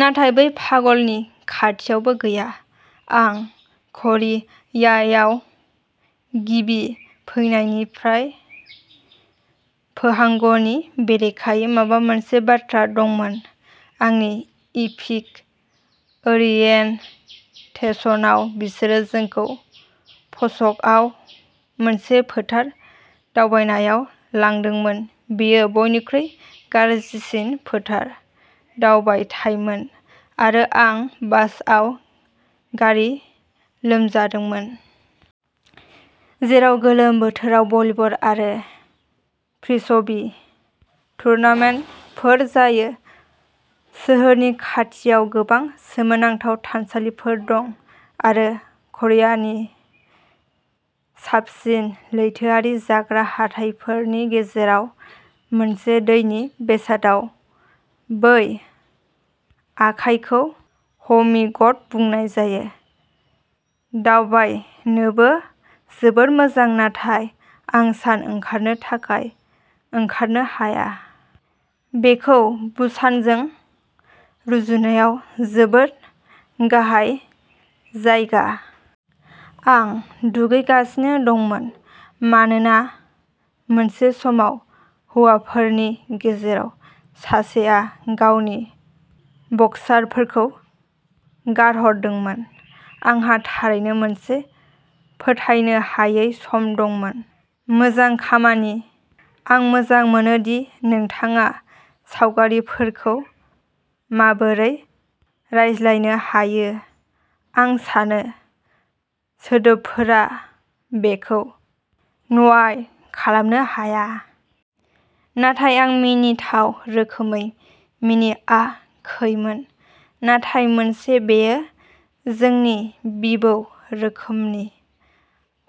नाथाय बै पागलनि खाथियावबो गैया। आं करियायाव गिबि फैनायनिफ्राय पोहांगनि बेरेखायै माबा मोनसे बाथ्रा दंमोन। आंनि इपिक ओरियेनटेसनाव बिसोरो जोंखौ पसकआव मोनसे फोथार दावबायनायाव लांदोंमोन। बेयो बयनिख्रुइ गाज्रिसिन फोथार दावबायथायमोन आरो आं बासआव गारि लोमजादोंमोन। जेराव गोलोम बोथोराव भलिबल आरो फ्रिस्बी टुर्नामेन्टफोर जायो। सोहोरनि खाथियाव गोबां सोमोनांथाव थानसालिफोर दं आरो करियानि साबसिन लैथोआरि जाग्रा हाथाइफोरनि गेजेराव मोनसे दैनि बेसादाव बै आखाइखौ हमिग'ट बुंनाय जायो, दावबायनोबो जोबोद मोजां। नाथाय आं सान ओंखारनो थाखाय ओंखारनो हाया। बेखौ बुसानजों रुजुनायाव जोबोद गाहाय जायगा। आं दुगैगासिनो दंमोन मानोना मोनसे समाव हौवाफोरनि गेजेराव सासेआ गावनि बक्सारफोरखौ गारहरदोंमोन। आंहा थारैनो मोनसे फोथायनो हायै सम दंमोन। मोजां खामानि! आं मोजां मोनो दि नोंथाङा सावगारिफोरखौ माबोरै रायज्लायनो हायो। आं सानो सोदोबफोरा बेखौ न्याय खालामनो हाया। नाथाय आं मिनिथाव रोखोमै मिनियाखैमोन। नाथाय मोनसे बेयो जोंनि बिबौ रोखोमनि।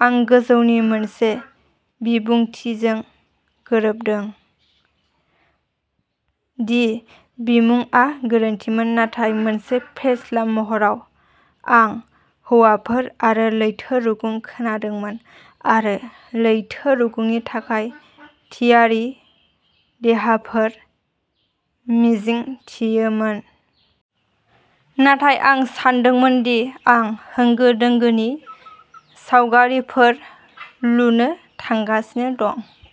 आं गोजौनि मोनसे बिबुंथिजों गोरोबदों दि बिमुङा गोरोन्थिमोन। नाथाय मोनसे फेस्ला महराव आं हौवाफोर आरो लैथो रुगुं खोनादोंमोन आरो लैथो रुगुंनि थाखाय थियारि देहाफोर मिजिंथियोमोन। नाथाय आं सानदोंमोन दि आं होंगो दोंगोनि सावगारिफोर लुनो थांगासिनो दं।